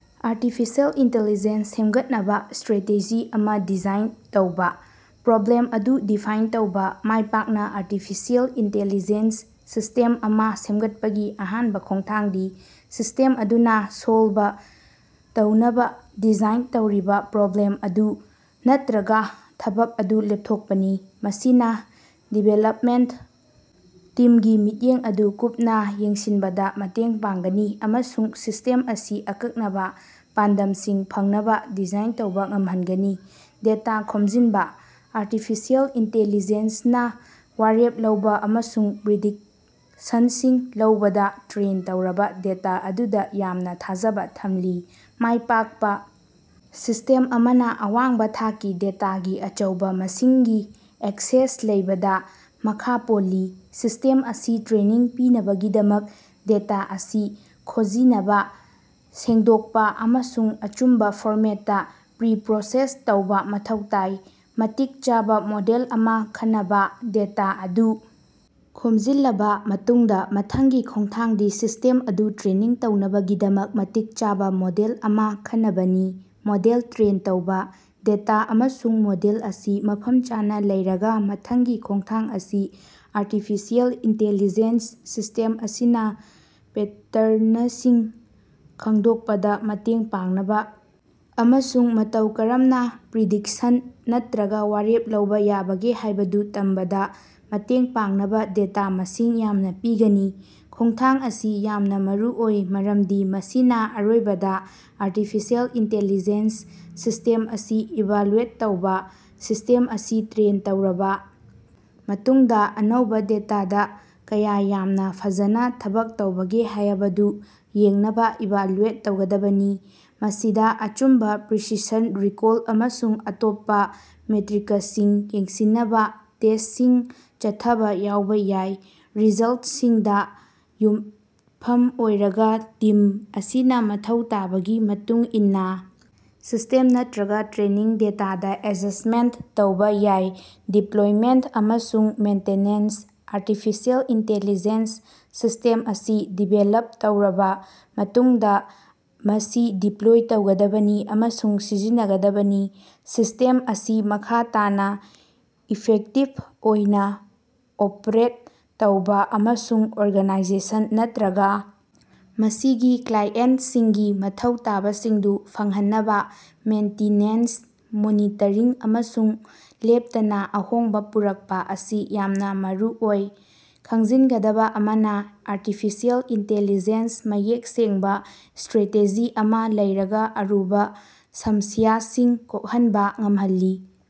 Artificial intelligence ꯁꯦꯝꯒꯠꯅꯕꯥ strategy ꯑꯃꯥ design ꯇꯧꯕꯥ꯫ ꯄ꯭ꯔꯣꯕ꯭ꯂꯦꯝ ꯑꯗꯨ ꯗꯤꯐꯥꯏꯟ ꯇꯧꯕꯥ: ꯃꯥꯢꯄꯥꯛꯅꯥ ꯑꯔꯇꯤꯐꯤꯁꯤꯑꯦꯜ ꯢꯟꯇꯦꯂꯤꯖꯦꯟꯁ ꯁꯤꯁꯇꯦꯝ ꯑꯃꯥ ꯁꯦꯃꯒꯠꯄꯒꯤ ꯑꯍꯥꯟꯕꯥ ꯈꯣꯡꯊꯥꯡꯗꯤ ꯁꯤꯁꯇꯦꯝ ꯑꯗꯨꯅꯥ ꯁꯣꯜꯕ ꯇꯧꯅꯕꯥ ꯗꯤꯖꯥꯏꯟ ꯇꯧꯔꯤꯕꯥ ꯄ꯭ꯔꯣꯕ꯭ꯂꯦꯝ ꯑꯗꯨ ꯅꯠꯇ꯭ꯔꯒꯥ ꯊꯕꯛ ꯑꯗꯨ ꯂꯦꯞꯊꯣꯛꯄꯅꯤ꯫ ꯃꯁꯤꯅꯥ ꯗꯤꯕꯦꯂꯞꯃꯦꯟꯇ ꯇꯤꯝꯒꯤ ꯃꯤꯠꯌꯦꯡ ꯑꯗꯨ ꯀꯨꯞꯅꯥ ꯌꯦꯡꯁꯤꯟꯕꯗꯥ ꯃꯇꯦꯡ ꯄꯥꯡꯒꯅꯤ ꯑꯃꯁꯨꯡ ꯁꯤꯁꯇꯦꯝ ꯑꯁꯤ ꯑꯀꯛꯅꯕꯥ ꯄꯥꯟꯗꯝꯁꯤꯡ ꯐꯪꯅꯕꯥ ꯗꯤꯖꯥꯏꯟ ꯇꯧꯕꯥ ꯉꯃꯍꯟꯒꯅꯤ꯫ ꯗꯦꯇꯥ ꯈꯣꯝꯖꯤꯟꯕꯥ: ꯑꯔꯇꯤꯐꯤꯁꯤꯑꯦꯜ ꯢꯟꯇꯦꯂꯤꯖꯦꯟꯁꯅꯥ ꯋꯥꯔꯦꯞ ꯂꯧꯕꯥ ꯑꯃꯁꯨꯡ ꯄ꯭ꯔꯤꯗꯤꯛꯁꯟꯁꯤꯡ ꯂꯧꯕꯗꯥ ꯇ꯭ꯔꯦꯟ ꯇꯧꯔꯕꯥ ꯗꯦꯇꯥ ꯑꯗꯨꯗꯥ ꯌꯥꯝꯅꯥ ꯊꯥꯖꯕꯥ ꯊꯝꯂꯤ꯫ ꯃꯥꯢꯄꯥꯛꯄꯥ ꯁꯤꯁꯇꯦꯝ ꯑꯃꯅꯥ ꯑꯋꯥꯡꯕꯥ ꯊꯥꯛꯀꯤ ꯗꯦꯇꯥꯒꯤ ꯑꯆꯧꯕꯥ ꯃꯁꯤꯡꯒꯤ ꯑꯦꯛꯁꯦꯁ ꯂꯩꯕꯗꯥ ꯃꯈꯥ ꯄꯣꯜꯂꯤ꯫ ꯁꯤꯁꯇꯦꯝ ꯑꯁꯤ ꯇ꯭ꯔꯦꯅꯤꯡ ꯄꯤꯅꯕꯒꯤꯗꯃꯛ ꯗꯦꯇꯥ ꯑꯁꯤ ꯈꯣꯖꯤꯅꯕꯥ, ꯁꯦꯡꯗꯣꯛꯄꯥ ꯑꯃꯁꯨꯡ ꯑꯆꯨꯝꯕꯥ ꯐꯣꯔꯃꯦꯠꯇꯥ ꯄ꯭ꯔꯤ-ꯄ꯭ꯔꯣꯁꯦꯁ ꯇꯧꯕꯥ ꯃꯊꯧ ꯇꯥꯏ꯫ ꯃꯇꯤꯛ ꯆꯥꯕꯥ ꯃꯣꯗꯦꯜ ꯑꯃꯥ ꯈꯅꯕꯥ: ꯗꯦꯇꯥ ꯑꯗꯨ ꯈꯣꯝꯖꯤꯜꯂꯕꯥ ꯃꯇꯨꯡꯗꯥ ꯃꯊꯪꯒꯤ ꯈꯣꯡꯊꯥꯡꯗꯤ ꯁꯤꯁꯇꯦꯝ ꯑꯗꯨ ꯇ꯭ꯔꯦꯅꯤꯡ ꯇꯧꯅꯕꯒꯤꯗꯃꯛ ꯃꯇꯤꯛ ꯆꯥꯕꯥ ꯃꯣꯗꯦꯜ ꯑꯃꯥ ꯈꯅꯕꯅꯤ꯫ꯃꯣꯗꯦꯜ ꯇ꯭ꯔꯦꯟ ꯇꯧꯕꯥ: ꯗꯦꯇꯥ ꯑꯃꯁꯨꯡ ꯃꯣꯗꯦꯜ ꯑꯁꯤ ꯃꯐꯝ ꯆꯥꯅꯥ ꯂꯩꯔꯒꯥ ꯃꯊꯪꯒꯤ ꯈꯣꯡꯊꯥꯡ ꯑꯁꯤ ꯑꯔꯇꯤꯐꯤꯁꯤꯑꯦꯜ ꯢꯟꯇꯦꯂꯤꯖꯦꯟꯁ ꯁꯤꯁ꯭ꯇꯦꯝ ꯑꯁꯤꯅꯥ ꯄꯦꯇꯔꯅꯁꯤꯡ ꯈꯪꯗꯣꯛꯄꯗꯥ ꯃꯇꯦꯡ ꯄꯥꯡꯅꯕꯥ ꯑꯃꯁꯨꯡ ꯃꯇꯧ ꯀꯔꯝꯅꯥ ꯄ꯭ꯔꯤꯗꯤꯛꯁꯟ ꯅꯠꯇ꯭ꯔꯒꯥ ꯋꯥꯔꯦꯞ ꯂꯧꯕꯥ ꯌꯥꯕꯒꯦ ꯍꯥꯢꯕꯗꯨ ꯇꯝꯕꯗꯥ ꯃꯇꯦꯡ ꯄꯥꯡꯅꯕꯥ ꯗꯦꯇꯥ ꯃꯁꯤꯡ ꯌꯥꯝꯅꯥ ꯄꯤꯒꯅꯤ꯫ ꯈꯣꯡꯊꯥꯡ ꯑꯁꯤ ꯌꯥꯝꯅꯥ ꯃꯔꯨꯑꯣꯏ, ꯃꯔꯝꯗꯤ ꯃꯁꯤꯅꯥ ꯑꯔꯣꯏꯕꯗꯥ ꯑꯔꯇꯤꯐꯤꯁꯤꯑꯦꯜ ꯢꯟꯇꯦꯂꯤꯖꯦꯟꯁ ꯁꯤꯁ꯭ꯇꯦꯝ ꯑꯁꯤ ꯏꯚꯥꯂꯨꯑꯦꯠ ꯇꯧꯕꯥ: ꯁꯤꯁ꯭ꯇꯦꯝ ꯑꯁꯤ ꯇ꯭ꯔꯦꯟ ꯇꯧꯔꯕꯥ ꯃꯇꯨꯡꯗꯥ ꯑꯅꯧꯕꯥ ꯗꯦꯇꯥꯗꯥ ꯀꯌꯥ ꯌꯥꯝꯅꯥ ꯐꯖꯅꯥ ꯊꯕꯛ ꯇꯧꯕꯒꯦ ꯍꯥꯌꯕꯗꯨ ꯌꯦꯡꯅꯕꯥ ꯏꯚꯥꯂꯨꯑꯦꯠ ꯇꯧꯒꯗꯕꯅꯤ꯫ ꯃꯁꯤꯗꯥ ꯑꯆꯨꯝꯕꯥ, ꯄ꯭ꯔꯤꯁꯤꯁꯟ, ꯔꯤꯀꯣꯜ ꯑꯃꯁꯨꯡ ꯑꯇꯣꯞꯄꯥ ꯃꯦꯇ꯭ꯔꯤꯀꯁꯤꯡ ꯌꯦꯡꯁꯤꯟꯅꯕꯥ ꯇꯦꯁꯇꯁꯤꯡ ꯆꯠꯊꯕꯥ ꯌꯥꯎꯕꯥ ꯌꯥꯏ꯫ ꯔꯤꯖꯜꯇꯁꯤꯡꯗꯥ ꯌꯨꯝꯐꯝ ꯑꯣꯏꯔꯒꯥ ꯇꯤꯝ ꯑꯁꯤꯅꯥ ꯃꯊꯧ ꯇꯥꯕꯒꯤ ꯃꯇꯨꯡ ꯏꯟꯅꯥ ꯁꯤꯁꯇꯦꯝ ꯅꯠꯇ꯭ꯔꯒꯥ ꯇ꯭ꯔꯦꯅꯤꯡ ꯗꯦꯇꯥꯗꯥ ꯑꯦꯗꯖꯁꯇꯃꯦꯟꯇ ꯇꯧꯕꯥ ꯌꯥꯏ꯫ ꯗꯤꯄ꯭ꯂꯣꯏꯃꯦꯟꯇ ꯑꯃꯁꯨꯡ ꯃꯦꯟꯇꯦꯅꯦꯟꯁ: ꯑꯔꯇꯤꯐꯤꯁꯤꯑꯦꯜ ꯢꯟꯇꯦꯂꯤꯖꯦꯟꯁ ꯁꯤꯁꯇꯦꯝ ꯑꯁꯤ ꯗꯤꯕꯦꯂꯞ ꯇꯧꯔꯕꯥ ꯃꯇꯨꯡꯗꯥ ꯃꯁꯤ ꯗꯤꯄ꯭ꯂꯣꯏ ꯇꯧꯒꯗꯕꯅꯤ ꯑꯃꯁꯨꯡ ꯁꯤꯖꯤꯟꯅꯒꯗꯕꯅꯤ꯫ ꯁꯤꯁꯇꯦꯝ ꯑꯁꯤ ꯃꯈꯥ ꯇꯥꯅꯥ ꯏꯐꯦꯛꯇꯤꯚ ꯑꯣꯏꯅꯥ ꯑꯣꯄ꯭ꯔꯦꯠ ꯇꯧꯕꯥ ꯑꯃꯁꯨꯡ ꯑꯣꯔꯒꯥꯅꯥꯏꯖꯦꯁꯟ ꯅꯠꯇ꯭ꯔꯒꯥ ꯃꯁꯤꯒꯤ ꯀ꯭ꯂꯥꯏꯑꯦꯟꯇꯁꯤꯡꯒꯤ ꯃꯊꯧ ꯇꯥꯕꯁꯤꯡꯗꯨ ꯐꯪꯍꯟꯅꯕꯥ ꯃꯦꯟꯇꯤꯅꯦꯟꯁ, ꯃꯣꯅꯤꯇꯔꯤꯡ ꯑꯃꯁꯨꯡ ꯂꯦꯞꯇꯅꯥ ꯑꯍꯣꯡꯕꯥ ꯄꯨꯔꯛꯄꯥ ꯑꯁꯤ ꯌꯥꯝꯅꯥ ꯃꯔꯨꯑꯣꯏ꯫ ꯈꯪꯖꯤꯟꯒꯗꯕꯥ ꯑꯃꯅꯥ, ꯑꯔꯇꯤꯐꯤꯁꯤꯑꯦꯜ ꯢꯟꯇꯦꯂꯤꯖꯦꯟꯁ ꯃꯌꯦꯛ ꯁꯦꯡꯕꯥ ꯁꯇ꯭ꯔꯦꯇꯦꯖꯤ ꯑꯃꯥ ꯂꯩꯔꯒꯥ ꯑꯔꯨꯕꯥ ꯁꯝꯁ꯭ꯌꯥꯁꯤꯡ ꯀꯣꯛꯍꯟꯕꯥ ꯉꯝꯍꯜꯂꯤ꯫